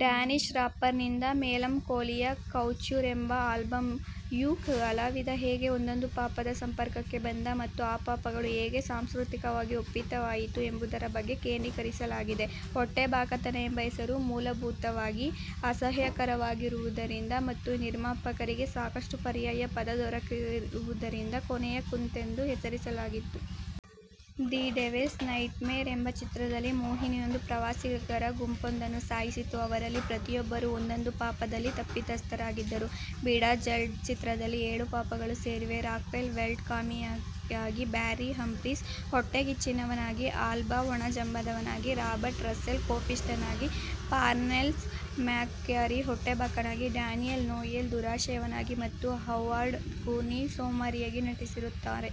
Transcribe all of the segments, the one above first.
Danish rapper ನಿಂದ Melancholia / couture ಎಂಬ album... ಯು ಕಲಾವಿದ ಹೇಗೆ ಒಂದೊಂದು ಪಾಪದ ಸಂಪರ್ಕಕ್ಕೆ ಬಂದ ಮತ್ತು ಆ ಪಾಪಗಳು ಹೇಗೆ ಸಾಂಸ್ಕ್ರತಿಕವಾಗಿ ಒಪ್ಪಿತವಾಯಿತು ಎಂಬುದರ ಬಗ್ಗೆ ಕೇಂದ್ರೀಕರಿಸಲಾಗಿದೆ. ಹೊಟ್ಟೆಬಾಕತನ ಎಂಬ ಹೆಸರು ಮೂಲಭೂತವಾಗಿ ಅಸಹ್ಯಕರವಾಗಿರುವುದರಿಂದ ಮತ್ತು ನಿರ್ಮಾಪಕರಿಗೆ ಸಾಕಷ್ಟು ಪರ್ಯಾಯ ಪದ ದೊರಕದಿರುವುದರಿಂದ ಕೊನೆಯ ಕಂತೆಂದು ಹೆಸರಿಸಲಾಯಿತು. ದಿ ಡೆವಿಲ್ಸ್ ನೈಟ್ಮೇರ್ ಎಂಬ ಚಿತ್ರದಲ್ಲಿ ಮೋಹಿನಿಯೊಂದು ಪ್ರವಾಸಿಗರ ಗುಂಪೊಂದನ್ನು ಸಾಯಿಸಿತು ಅವರಲ್ಲಿ ಪ್ರತಿಯೊಬ್ಬರೂ ಒಂದೊಂದು ಪಾಪದಲ್ಲಿ ತಪಿತಸ್ಥರಾಗಿದ್ದರು. ಬಿಡಾಜಲ್ಡ್ ಚಿತ್ರದಲ್ಲಿ ಏಳು ಪಾಪಗಳೂ ಸೇರಿವೆ; ರಾಕ್ವೆಲ್ ವೆಲ್ಚ್ ಕಾಮಿಯಾಗಿ, ಬ್ಯಾರ್ರಿ ಹಂಫ್ರೀಸ್ ಹೊಟ್ಟೆಕಿಚ್ಚಿನವನಾಗಿ, ಆಲ್ಬಾ ಒಣಜಂಬದವನಾಗಿ, ರಾಬರ್ಟ್ ರಸ್ಸೆಲ್ ಕೋಪಿಷ್ಟನಾಗಿ, ಪಾರ್ನೆಲ್ಲ್ ಮ್ಯಾಕ್ಗ್ಯಾರಿ ಹೊಟ್ಟೆಬಾಕನಾಗಿ, ಡ್ಯಾನೀಯಲ್ ನೋಯೆಲ್ ದುರಾಶೆಯವನಾಗಿ ಮತ್ತು ಹೌವಾರ್ಡ್ ಗೂರ್ನಿಯ್ ಸೋಮಾರಿಯಾಗಿ ನಟಿಸಿರುತ್ತಾರೆ.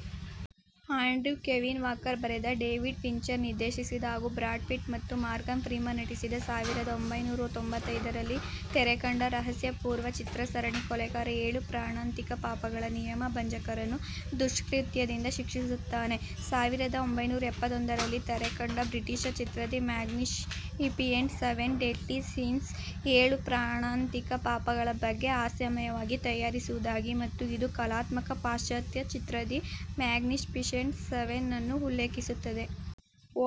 ಆಂಡ್ರಿವ್ ಕೆವಿನ್ ವಾಕರ್ ಬರೆದ, ಡೇವಿಡ್ ಫಿಂಚರ್ ನಿರ್ದೇಶಿಸಿದ ಹಾಗೂ ಬ್ರಾಡ್ ಪಿಟ್ ಮತ್ತು ಮಾರ್ಗನ್ ಫ್ರೀಮನ್ ನಟಿಸಿದ, ಸಾವಿರದ ಒಂಭೈನೂರ ತೊಂಬತ್ತೈದರಲ್ಲಿ ತೆರೆಕಂಡ ರಹಸ್ಯಪೂರ್ಣ ಚಿತ್ರ ಸರಣಿ ಕೊಲೆಗಾರ ಏಳು ಪ್ರಾಣಾಂತಿಕ ಪಾಪಗಳ ನಿಯಮ ಭಂಜಕರನ್ನು ದುಷ್ಕೃತ್ಯದಿಂದ ಶಿಕ್ಷಿಸುತ್ತಾನೆ. ಸಾವಿರದ ಒಂಭೈನೂರ ಎಪ್ಪತ್ತೊಂದರಲ್ಲಿ ತೆರೆಕಂಡ ಬ್ರಿಟಿಷ ಚಿತ್ರ the magnificent seven deadly sins ಏಳು ಪ್ರಾಣಾಂತಿಕ ಪಾಪಗಳ ಬಗ್ಗೆ ಹಾಸ್ಯಮಯವಾಗಿ ತಯಾರಿಸಿರುವುದಾಗಿದೆ ಮತ್ತು ಇದು ಕಲಾತ್ಮಕ ಪಾಶ್ಚಾತ್ಯ ಚಿತ್ರ ದಿ ಮ್ಯಾಗ್ನೀಫಿಷಿಯಂಟ್ ಸೆವೆನ್ ನನ್ನು ಉಲ್ಲೇಖಿಸುತ್ತದೆ.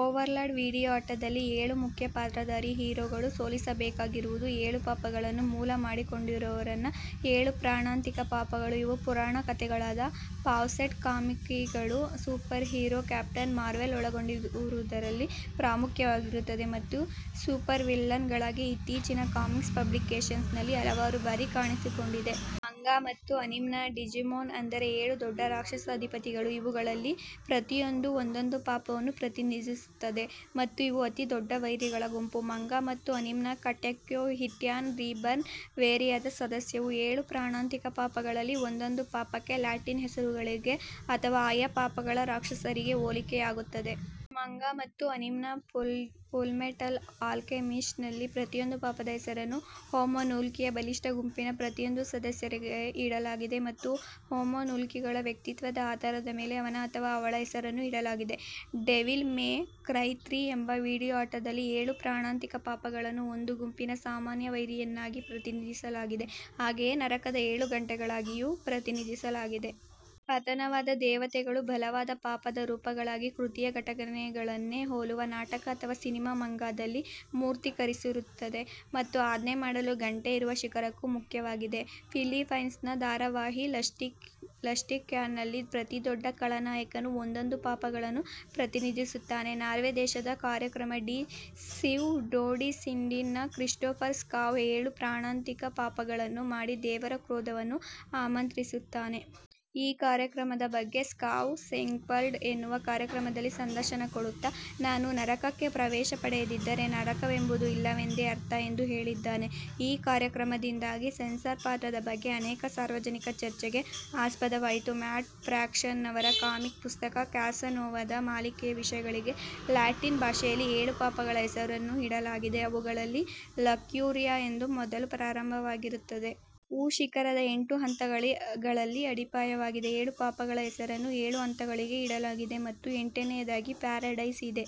ಓವರ್ಲಾರ್ಡ್ ವೀಡಿಯೋ ಆಟದಲ್ಲಿ, ಏಳು ಮುಖ್ಯಪಾತ್ರದಾರಿ ಹೀರೋಗಳು ಸೋಲಿಸಬೇಕಾಗಿರುವುದು ಏಳು ಪಾಪಗಳನ್ನು ಮೂಲ ಮಾಡಿಕೊಂಡಿರುವವರನ್ನ. ಏಳು ಪ್ರಾಣಾಂತಿಕ ಪಾಪಗಳು, ಇವು ಪುರಾಣ ಕಥೆಗಳಾದ ಫಾವ್ಸೆಟ್/ ಕಾಮಿಕ್ಗಳು ಸೂಪರ್ಹೀರೋ ಕ್ಯಾಪ್ಟನ್ ಮಾರ್ವೆಲ್ ಒಳಗೊಂಡಿರುವುದರಲ್ಲಿ ಪ್ರಾಮುಖ್ಯವಾಗಿರುತ್ತದೆ ಮತ್ತು ಸೂಪರ್ವಿಲ್ಲನ್ ಗಳಾಗಿ ಇತ್ತೀಚಿನ ಕಾಮಿಕ್ಸ್ ಪಬ್ಲಿಕೇಷನ್ಸ್ ನಲ್ಲಿ ಹಲವಾರು ಬಾರಿ ಕಾಣಿಸಿಕೊಂಡಿದೆ. ಮಂಗಾ ಮತ್ತು ಅನೀಮ್ನ ಡಿಜಿಮೊನ್ ಅಂದರೆ ಏಳು ದೊಡ್ಡ ರಾಕ್ಷಸ ಅಧಿಪತಿಗಳು, ಇವುಗಳಲ್ಲಿ ಪ್ರತಿಯೊಂದೂ ಒಂದೊಂದು ಪಾಪವನ್ನು ಪ್ರತಿನಿಧಿಸುತ್ತದೆ, ಮತ್ತು ಇವು ಅತಿ ದೊಡ್ಡ ವೈರಿಗಳ ಗುಂಪು. ಮಂಗಾ ಮತ್ತು ಅನೀಮ್ನ ಕಟೇಕ್ಯೋ ಹಿಟ್ಮ್ಯಾನ್ ರೀಬಾರ್ನ್, ವೇರಿಯಾದ ಸದಸ್ಯವು, ಏಳು ಪ್ರಾಣಾಂತಿಕ ಪಾಪಗಳಲ್ಲಿ ಒಂದೊಂದು ಪಾಪಕ್ಕೆ, ಲ್ಯಾಟಿನ್ ಹೆಸರುಗಳಿಗೆ ಅಥವಾ ಆಯಾ ಪಾಪಗಳ ರಾಕ್ಷಸರಿಗೆ ಹೋಲಿಕೆಯಾಗುತ್ತದೆ. ಮಂಗಾ ಮತ್ತು ಅನೀಮ್ನ ಫುಲ್ಮೆಟಲ್ ಆಲ್ಕೆಮಿಸ್ಟ್ ನಲ್ಲಿ ಪ್ರತಿಯೊಂದು ಪಾಪದ ಹೆಸರನ್ನು "ಹೋಮೂನ್ಕೂಲಿ" ಯ ಬಲಿಷ್ಟ ಗುಂಪಿನ ಪ್ರತಿಯೊಂದು ಸದಸ್ಯರಿಗೆ ಇಡಲಾಗಿದೆ ಮತ್ತು ಹೋಮೂನ್ಕೂಲಿಗಳ ವ್ಯಕ್ತಿತ್ವದ ಆಧಾರದ ಮೇಲೆ ಅವನ ಅಥವಾ ಅವಳ ಹೆಸರನ್ನು ಇಡಲಾಗಿದೆ. ದೆವಿಲ್ ಮೇ ಕ್ರೈ ತ್ರೀ ಎಂಬ ವೀಡಿಯೋ ಆಟದಲ್ಲಿ, ಏಳು ಪ್ರಾಣಾಂತಿಕ ಪಾಪಗಳನ್ನು ಒಂದು ಗುಂಪಿನ ಸಾಮಾನ್ಯ ವೈರಿಯನ್ನಾಗಿ ಪ್ರತಿನಿಧಿಸಲಾಗಿದೆ ಹಾಗೆಯೇ ನರಕದ ಏಳು ಘಂಟೆಗಳಾಗಿಯೂ ಪ್ರತಿನಿಧಿಸಲಾಗಿದೆ. ಪತನವಾದ ದೇವತೆಗಳು ಬಲವಾದ ಪಾಪದ ರೂಪಗಳಾಗಿ ಕೃತಿಯ ಘಟನೆಗಳನ್ನೇ ಹೋಲುವ ನಾಟಕ ಅಥವಾ ಸಿನಿಮಾ ಮಂಗಾದಲ್ಲಿ ಮೂರ್ತಿಕರಿಸಿರುತ್ತದೆ ಮತ್ತು ಆಜ್ಞೆ ಮಾಡಲು ಘಂಟೆ ಇರುವ ಶಿಖರಕ್ಕೂ ಮುಖ್ಯವಾಗಿದೆ. ಫಿಲ್ಲೀಪೈನ್ಸ್ ನ ಧಾರಾವಾಹಿ ಲಸ್ಟಿಕ್ಮ್ಯಾನ್ ನಲ್ಲಿ ಪ್ರತಿ ದೊಡ್ಡ ಖಳನಾಯಕನೂ ಒಂದೊಂದು ಪಾಪಗಳನ್ನು ಪ್ರತಿನಿಧಿಸುತ್ತಾನೆ. ನಾರ್ವೇ ದೇಶದ ಕಾರ್ಯಕ್ರಮ ಡಿ ಸಿವ್ ಡೋಡಿಸಿಂಡೀನ್ ನ ಕ್ರಿಸ್ಟೋಫರ್ ಸ್ಕಾವ್ ಏಳು ಪ್ರಾಣಾಂತಿಕ ಪಾಪಗಳನ್ನು ಮಾಡಿ ದೇವರ ಕ್ರೋಧವನ್ನು ಆಮಂತ್ರಿಸಿಸುತ್ತಾನೆ. ಈ ಕಾರ್ಯಕ್ರಮದ ಬಗ್ಗೆ ಸ್ಕಾವ್, ಸೆಂಕ್ವೆಲ್ಡ್ ಎನ್ನುವ ಕಾರ್ಯಕ್ರಮದಲ್ಲಿ ಸಂದರ್ಶನ ಕೊಡುತ್ತ, "ನಾನು ನರಕಕ್ಕೆ ಪ್ರವೇಶ ಪಡೆಯದಿದ್ದರೆ ನರಕವೆಂಬುದು ಇಲ್ಲವೆಂದೇ ಅರ್ಥ" ಎಂದು ಹೇಳಿದ್ದಾನೆ. ಈ ಕಾರ್ಯಕ್ರಮದಿಂದಾಗಿ ಸೆನ್ಸಾರ್ ಪಾತ್ರದ ಬಗ್ಗೆ ಅನೇಕ ಸಾರ್ವಜನಿಕ ಚರ್ಚೆಗೆ ಆಸ್ಪದವಾಯಿತು. ಮ್ಯಾಟ್ ಫ್ರ್ಯಾಕ್ಷನ್ ನವರ ಕಾಮಿಕ್ ಪುಸ್ತಕ ಕ್ಯಾಸನೋವ ದ ಮಾಲಿಕೆಯ ವಿಷಯಗಳಿಗೆ ಲ್ಯಾಟಿನ್ ಭಾಷೆಯಲ್ಲಿ ಏಳು ಪಾಪಗಳ ಹೆಸರನ್ನು ಇಡಲಾಗಿದೆ ಅವುಗಳಲ್ಲಿ ಲಕ್ಸ್ಯೂರಿಯಾ ಎಂದು ಮೊದಲು ಪ್ರಾರಂಭವಾಗಿರುತ್ತದೆ.: ವೂ ಶಿಖರದ ಎಂಟು ಹಂತಗಳಲ್ಲಿ ಅಡಿಪಾಯವಾಗಿದೆ, ಏಳು ಪಾಪಗಳ ಹೆಸರನ್ನು ಏಳು ಹಂತಗಳಿಗೆ ಇಡಲಾಗಿದೆ ಮತ್ತು ಎಂಟನೆಯದಾಗಿ ಪ್ಯಾರಡೈಸ್ ಇದೆ.